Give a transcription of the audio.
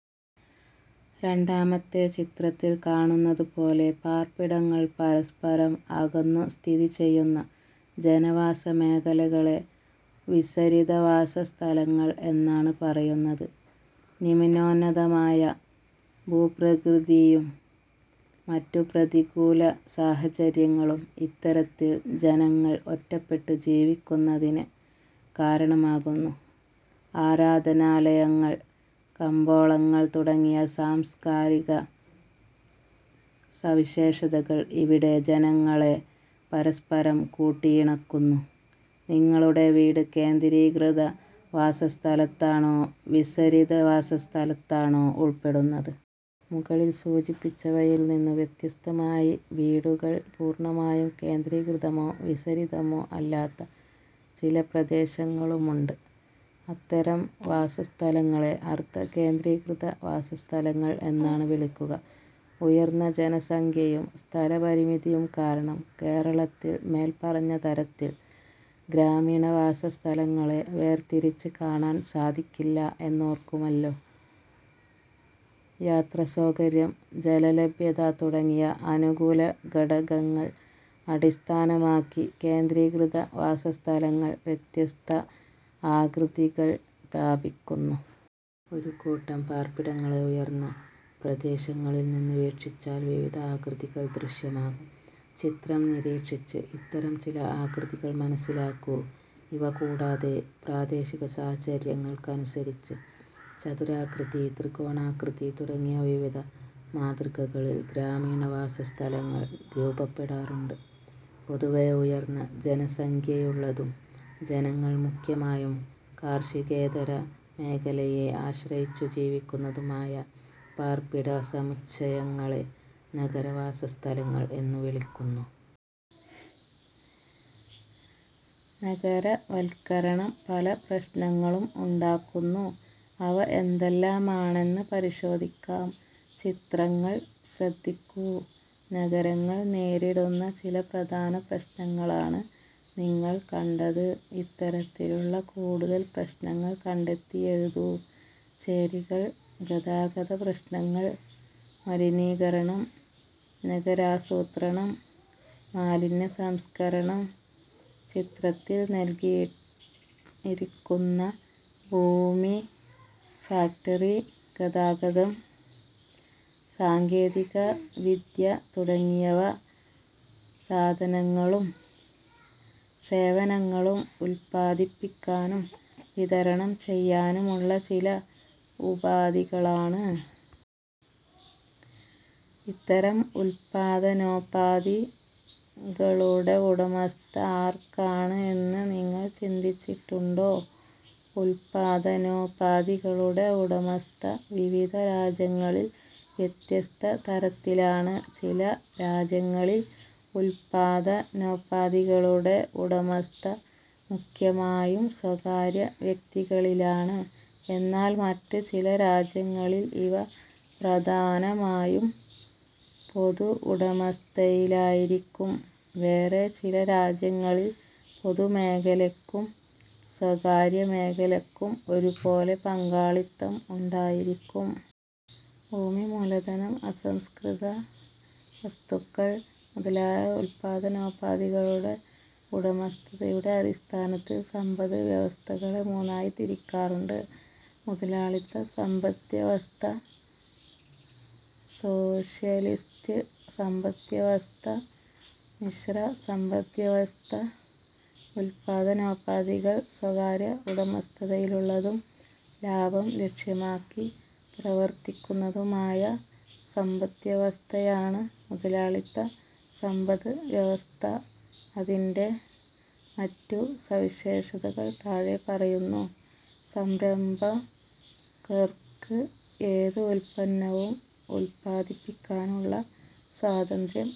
രണ്ടാമത്തെ ചിത്രത്തിൽ കാണുന്നതുപോലെ പാർപ്പിടങ്ങൾ പരസ്പരം അകന്നു സ്ഥിതിചെയ്യുന്ന ജനവാസമേഖലകളെ വിസരിത വാസ സ്ഥലങ്ങൾ എന്നാണ് പറയുന്നത്. നിമ്നോന്നതമായ ഭൂപ്രകൃതിയും മറ്റു പ്രതികൂല സാഹചര്യങ്ങളും ഇത്തരത്തിൽ ജനങ്ങൾ ഒറ്റപ്പെട്ട് ജീവിക്കുന്നതിന് കാരണമാകുന്നു. ആരാധനാലയങ്ങൾ, കമ്പോളങ്ങൾ തുടങ്ങിയ സാംസ്കാരികസവിശേഷതകൾ ഇവിടെ ജനങ്ങളെ പരസ്പരം കൂട്ടിയിണക്കുന്നു. നിങ്ങളുടെ വീട് കേന്ദ്രീകൃത വാസസ്ഥലത്തിലാണോ വിസരിത വാസ സ്ഥലത്തിലാണോ ഉൾപ്പെടുന്നത്? മുകളിൽ സൂചിപ്പിച്ചവയിൽ നിന്നു വ്യത്യസ്തമായി വീടുകൾ പൂർണമായും കേന്ദ്രീകൃതമോ വിസരിതമോ അല്ലാത്ത ചില പ്രദേശങ്ങളുമുണ്ട്. ഇത്തരം വാസസ്ഥലങ്ങളെ അർധ കേന്ദ്രീകൃത വാസസ്ഥലങ്ങൾ എന്നാണ് വിളിക്കുക. ഉയർന്ന ജനസംഖ്യയും സ്ഥലപരിമിതിയും കാരണം കേരളത്തിൽ മേൽപ്പറഞ്ഞ തരത്തിൽ ഗ്രാമീണവാസസ്ഥലങ്ങളെ വേർതിരിച്ച് കാണാൻ സാധിക്കില്ല എന്നോർക്കുമല്ലോ. യാത്രാസൗകര്യം, ജലലഭ്യത തുടങ്ങിയ അനുകൂല ഘടകങ്ങൾ അടിസ്ഥാനമാക്കി കേന്ദ്രീകൃത വാസസ്ഥലങ്ങൾ വ്യത്യസ്ത ആകൃതികൾ പ്രാപിക്കുന്നു. ഒരു കൂട്ടം പാർപ്പിടങ്ങളെ ഉയർന്ന പ്രദേശങ്ങളിൽനിന്ന് വീക്ഷിച്ചാൽ വിവിധ ആകൃതികൾ ദൃശ്യമാകും. ചിത്രം നിരീക്ഷിച്ച് ഇത്തരം ചില ആകൃതികൾ മനസ്സിലാക്കൂ. ഇവ കൂടാതെ പ്രാദേശിക സാഹചര്യങ്ങൾക്കനുസരിച്ച് ചതുരാകൃതി, ത്രികോണാകൃതി തുടങ്ങി വിവിധ മാതൃകകളിൽ ഗ്രാമീണവാസസ്ഥലങ്ങൾ രൂപപ്പെടാറുണ്ട്. പൊതുവെ ഉയർന്ന ജനസംഖ്യയുള്ളതും ജനങ്ങൾ മുഖ്യമായും കാർഷികേതര മേഖലയെ ആശ്രയിച്ചു ജീവിക്കുന്നതുമായ പാർപ്പിടസമുച്ചയങ്ങളെ നഗരവാസസ്ഥലങ്ങൾ എന്നു വിളിക്കുന്നു. നഗരവൽക്കരണം പല പ്രശ്നങ്ങളും ഉണ്ടാക്കുന്നു. അവ എന്തെല്ലാമാണെന്ന് പരിശോധിക്കാം. ചിത്രങ്ങൾ ശ്രദ്ധിക്കൂ. നഗരങ്ങൾ നേരിടുന്ന ചില പ്രധാന പ്രശ്നങ്ങളാണ് നിങ്ങൾ കണ്ടത്. ഇത്തരത്തിലുള്ള കൂടുതൽ പ്രശ്നങ്ങൾ കണ്ടെത്തി എഴുതൂ. ചേരികൾ. ഗതാഗതപ്രശ്നങ്ങൾ. മലിനീകരണം. നഗരാസൂത്രണം. മാലിന്യസംസ്കരണം. ചിത്രത്തിൽ നൽകിയിരിക്കുന്ന ഭൂമി, ഫാക്ടറി, ഗതാഗതം, സാങ്കേതികവിദ്യ തുടങ്ങിയവ സാധനങ്ങളും സേവനങ്ങളും ഉൽപ്പാദിപ്പിക്കാനും വിതരണം ചെയ്യാനുമുള്ള ചില ഉപാധികളാണ്. ഇത്തരം ഉൽപ്പാദനോപാധികളുടെ ഉടമസ്ഥത ആർക്കാണ് എന്ന് നിങ്ങൾ ചിന്തിച്ചിട്ടുണ്ടോ? ഉൽപ്പാദനോപാധികളുടെ ഉടമസ്ഥത വിവിധ രാജ്യങ്ങളിൽ വ്യത്യസ്ത തരത്തിലാണ്. ചില രാജ്യങ്ങളിൽ ഉൽപ്പാദനോപാധികളുടെ ഉടമസ്ഥത മുഖ്യമായും സ്വകാര്യ വ്യക്തികളിലാണ്. എന്നാൽ മറ്റു ചില രാജ്യങ്ങളിൽ ഇവ പ്രധാനമായും പൊതു ഉടമസ്ഥതയിലായിരിക്കും. വേറെ ചില രാജ്യങ്ങളിൽ പൊതുമേഖലയ്ക്കും സ്വകാര്യമേഖലയ്ക്കും ഒരുപോലെ പങ്കാളിത്തം ഉണ്ടായിരിക്കും. ഭൂമി, മൂലധനം, അസംസ്കൃതവസ്തുക്കൾ മുതലായ ഉൽപ്പാദനോപാധികളുടെ ഉടമസ്ഥതയുടെ അടിസ്ഥാനത്തിൽ സമ്പദ് വ്യവസ്ഥകളെ മൂന്നായി തിരിക്കാറുണ്ട്. മുതലാളിത്ത സമ്പദ്വ്യവസ്ഥ, സോഷ്യലിസ്റ്റ് സമ്പദ്വ്യവസ്ഥ, മിശ്ര സമ്പദ്വ്യവസ്ഥ. ഉൽപ്പാദനോപാധികൾ സ്വകാര്യ ഉടമസ്ഥതയിലുള്ളതും ലാഭം ലക്ഷ്യമാക്കി പ്രവർത്തിക്കുന്നതുമായ സമ്പദ്വ്യവസ്ഥയാണ് മുതലാളിത്ത സമ്പദ് വ്യവസ്ഥ. അതിന്റെ മറ്റു സവിശേഷതകൾ താഴെ പറയുന്നു. സംരംഭകർക്ക് ഏത് ഉൽപ്പന്നവും ഉൽപ്പാദിപ്പിക്കാനുള്ള സ്വാതന്ത്ര്യം.